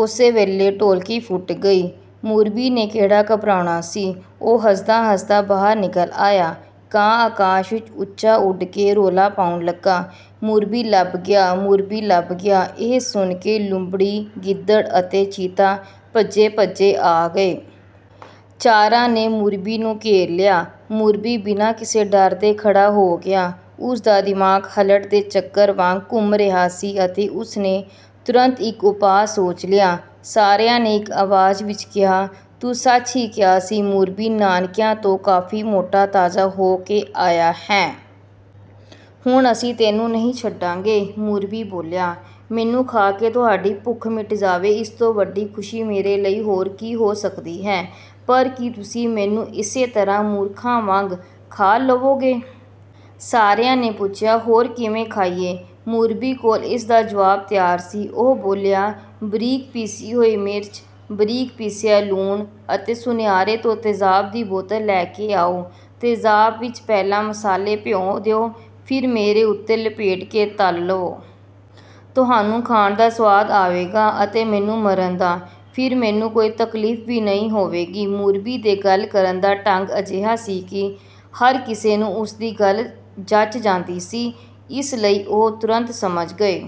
ਉਸੇ ਵੇਲੇ ਢੋਲਕੀ ਫੁੱਟ ਗਈ। ਮੁਰੱਬੀ ਨੇ ਕਿਹੜਾ ਘਬਰਾਉਣਾ ਸੀ, ਉਹ ਹੱਸਦਾ-ਹੱਸਦਾ ਬਾਹਰ ਨਿਕਲ ਆਇਆ। ਕਾਂ ਆਕਾਸ਼ ਵਿੱਚ ਉੱਚਾ ਉੱਡ ਕੇ ਰੌਲਾ ਪਾਉਣ ਲੱਗਾ, "ਮੁਰੱਬੀ ਲੱਭ ਗਿਆ, ਮੁਰੱਬੀ ਲੱਭ ਗਿਆ!" ਇਹ ਸੁਣ ਕੇ ਲੂੰਬੜੀ, ਗਿੱਦੜ ਅਤੇ ਚੀਤਾ ਭੱਜੇ-ਭੱਜੇ ਆ ਗਏ। ਚਾਰਾਂ ਨੇ ਮੁਰੱਬੀ ਨੂੰ ਘੇਰ ਲਿਆ। ਮੁਰੱਬੀ ਬਿਨਾਂ ਕਿਸੇ ਡਰ ਦੇ ਖੜ੍ਹਾ ਹੋ ਗਿਆ। ਉਸ ਦਾ ਦਿਮਾਗ ਹਲਟ ਦੇ ਚੱਕਰ ਵਾਂਗ ਘੁੰਮ ਰਿਹਾ ਸੀ ਅਤੇ ਉਸ ਨੇ ਤੁਰੰਤ ਇੱਕ ਉਪਾਅ ਸੋਚ ਲਿਆ। ਸਾਰਿਆਂ ਨੇ ਇੱਕ ਆਵਾਜ਼ ਵਿੱਚ ਕਿਹਾ, "ਤੂੰ ਸੱਚ ਹੀ ਕਿਹਾ ਸੀ ਮੁਰੱਬੀ, ਨਾਨਕਿਆਂ ਤੋਂ ਕਾਫ਼ੀ ਮੋਟਾ-ਤਾਜ਼ਾ ਹੋ ਕੇ ਆਇਆ ਹੈਂ। ਹੁਣ ਅਸੀਂ ਤੈਨੂੰ ਨਹੀਂ ਛੱਡਾਂਗੇ।" ਮੁਰੱਬੀ ਬੋਲਿਆ, "ਮੈਨੂੰ ਖਾ ਕੇ ਤੁਹਾਡੀ ਭੁੱਖ ਮਿਟ ਜਾਵੇ, ਇਸ ਤੋਂ ਵੱਡੀ ਖ਼ੁਸ਼ੀ ਮੇਰੇ ਲਈ ਹੋਰ ਕੀ ਹੋ ਸਕਦੀ ਹੈ! ਪਰ ਕੀ ਤੁਸੀਂ ਮੈਨੂੰ ਇਸੇ ਤਰ੍ਹਾਂ ਮੂਰਖਾਂ ਵਾਂਗ ਖਾ ਲਵੋਗੇ?" ਸਾਰਿਆਂ ਨੇ ਪੁੱਛਿਆ, "ਹੋਰ ਕਿਵੇਂ ਖਾਈਏ?" ਮੁਰੱਬੀ ਕੋਲ ਇਸ ਦਾ ਜਵਾਬ ਤਿਆਰ ਸੀ। ਉਹ ਬੋਲਿਆ, "ਬਰੀਕ ਪੀਸੀ ਹੋਈ ਮਿਰਚ, ਬਰੀਕ ਪੀਸਿਆ ਲੂਣ ਅਤੇ ਸੁਨਿਆਰੇ ਤੋਂ ਤੇਜ਼ਾਬ ਦੀ ਬੋਤਲ ਲੈ ਕੇ ਆਓ। ਤੇਜ਼ਾਬ ਵਿੱਚ ਪਹਿਲਾਂ ਮਸਾਲੇ ਭਿਓਂ ਦਿਓ, ਫਿਰ ਮੇਰੇ ਉੱਤੇ ਲਪੇਟ ਕੇ ਤਲ ਲਵੋ। ਤੁਹਾਨੂੰ ਖਾਣ ਦਾ ਸੁਆਦ ਆਵੇਗਾ ਅਤੇ ਮੈਨੂੰ ਮਰਨ ਦਾ, ਫਿਰ ਮੈਨੂੰ ਕੋਈ ਤਕਲੀਫ਼ ਵੀ ਨਹੀਂ ਹੋਵੇਗੀ।" ਮੁਰੱਬੀ ਦੇ ਗੱਲ ਕਰਨ ਦਾ ਢੰਗ ਅਜਿਹਾ ਸੀ ਕਿ ਹਰ ਕਿਸੇ ਨੂੰ ਉਸ ਦੀ ਗੱਲ ਜਚ ਜਾਂਦੀ ਸੀ, ਇਸ ਲਈ ਉਹ ਤੁਰੰਤ ਸਮਝ ਗਏ।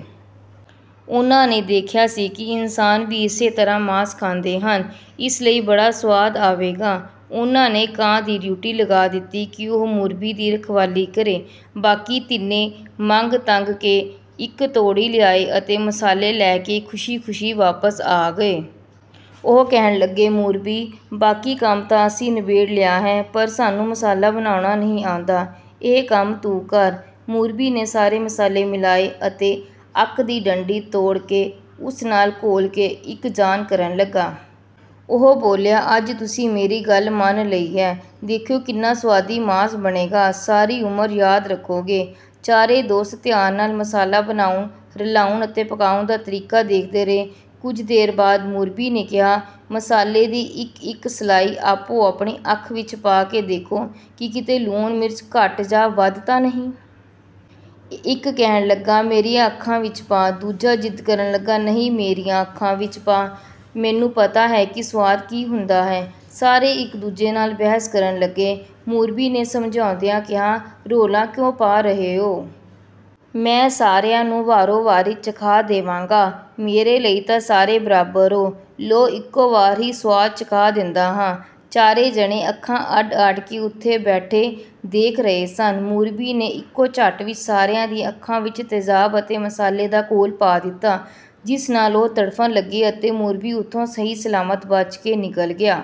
ਉਨ੍ਹਾਂ ਨੇ ਦੇਖਿਆ ਸੀ ਕਿ ਇਨਸਾਨ ਵੀ ਇਸੇ ਤਰ੍ਹਾਂ ਮਾਸ ਖਾਂਦੇ ਹਨ, ਇਸ ਲਈ ਬੜਾ ਸੁਆਦ ਆਵੇਗਾ। ਉਨ੍ਹਾਂ ਨੇ ਕਾਂ ਦੀ ਡਿਊਟੀ ਲਗਾ ਦਿੱਤੀ ਕਿ ਉਹ ਮੁਰੱਬੀ ਦੀ ਰਖਵਾਲੀ ਕਰੇ। ਬਾਕੀ ਤਿੰਨੇ ਮੰਗ-ਤੰਗ ਕੇ ਇੱਕ ਤੌੜੀ ਲਿਆਏ ਅਤੇ ਮਸਾਲੇ ਲੈ ਕੇ ਖ਼ੁਸ਼ੀ-ਖ਼ੁਸ਼ੀ ਵਾਪਸ ਆ ਗਏ। ਉਹ ਕਹਿਣ ਲੱਗੇ, "ਮੁਰੱਬੀ, ਬਾਕੀ ਕੰਮ ਤਾਂ ਅਸੀਂ ਨਬੇੜ ਲਿਆ ਹੈ ਪਰ ਸਾਨੂੰ ਮਸਾਲਾ ਬਣਾਉਣਾ ਨਹੀਂ ਆਉਂਦਾ, ਇਹ ਕੰਮ ਤੂੰ ਕਰ।" ਮੁਰੱਬੀ ਨੇ ਸਾਰੇ ਮਸਾਲੇ ਮਿਲਾਏ ਅਤੇ ਅੱਕ ਦੀ ਡੰਡੀ ਤੋੜ ਕੇ ਉਸ ਨਾਲ ਘੋਲ ਕੇ ਇੱਕ-ਜਾਨ ਕਰਨ ਲੱਗਾ। ਉਹ ਬੋਲਿਆ, "ਅੱਜ ਤੁਸੀਂ ਮੇਰੀ ਗੱਲ ਮੰਨ ਲਈ ਹੈ, ਦੇਖਿਓ ਕਿੰਨਾ ਸੁਆਦੀ ਮਾਸ ਬਣੇਗਾ, ਸਾਰੀ ਉਮਰ ਯਾਦ ਰੱਖੋਗੇ।" ਚਾਰੇ ਦੋਸਤ ਧਿਆਨ ਨਾਲ ਮਸਾਲਾ ਬਣਾਉਣ, ਰਲਾਉਣ ਅਤੇ ਪਕਾਉਣ ਦਾ ਤਰੀਕਾ ਦੇਖਦੇ ਰਹੇ। ਕੁਝ ਦੇਰ ਬਾਅਦ ਮੁਰੱਬੀ ਨੇ ਕਿਹਾ, "ਮਸਾਲੇ ਦੀ ਇੱਕ-ਇੱਕ ਸਲਾਈ ਆਪੋ-ਆਪਣੀ ਅੱਖ ਵਿੱਚ ਪਾ ਕੇ ਦੇਖੋ ਕਿ ਕਿਤੇ ਲੂਣ-ਮਿਰਚ ਘੱਟ ਜਾਂ ਵੱਧ ਤਾਂ ਨਹੀਂ?" ਇੱਕ ਕਹਿਣ ਲੱਗਾ, "ਮੇਰੀਆਂ ਅੱਖਾਂ ਵਿੱਚ ਪਾ", ਦੂਜਾ ਜ਼ਿੱਦ ਕਰਨ ਲੱਗਾ, "ਨਹੀਂ, ਮੇਰੀਆਂ ਅੱਖਾਂ ਵਿੱਚ ਪਾ, ਮੈਨੂੰ ਪਤਾ ਹੈ ਕਿ ਸੁਆਦ ਕੀ ਹੁੰਦਾ ਹੈ।" ਸਾਰੇ ਇੱਕ-ਦੂਜੇ ਨਾਲ ਬਹਿਸ ਕਰਨ ਲੱਗੇ। ਮੁਰੱਬੀ ਨੇ ਸਮਝਾਉਂਦਿਆਂ ਕਿਹਾ, "ਰੌਲਾ ਕਿਉਂ ਪਾ ਰਹੇ ਹੋ? ਮੈਂ ਸਾਰਿਆਂ ਨੂੰ ਵਾਰੋ-ਵਾਰੀ ਚਖਾ ਦੇਵਾਂਗਾ। ਮੇਰੇ ਲਈ ਤਾਂ ਸਾਰੇ ਬਰਾਬਰ ਹੋ। ਲਓ, ਇੱਕੋ ਵਾਰ ਹੀ ਸੁਆਦ ਚਖਾ ਦਿੰਦਾ ਹਾਂ।" ਚਾਰੇ ਜਣੇ ਅੱਖਾਂ ਅੱਡ-ਅੱਡ ਕੇ ਉੱਥੇ ਬੈਠੇ ਦੇਖ ਰਹੇ ਸਨ। ਮੁਰੱਬੀ ਨੇ ਇੱਕੋ ਝੱਟ ਵਿੱਚ ਸਾਰਿਆਂ ਦੀਆਂ ਅੱਖਾਂ ਵਿੱਚ ਤੇਜ਼ਾਬ ਅਤੇ ਮਸਾਲੇ ਦਾ ਘੋਲ ਪਾ ਦਿੱਤਾ, ਜਿਸ ਨਾਲ ਉਹ ਤੜਫਣ ਲੱਗੇ ਅਤੇ ਮੁਰੱਬੀ ਉੱਥੋਂ ਸਹੀ-ਸਲਾਮਤ ਬਚ ਕੇ ਨਿਕਲ ਗਿਆ।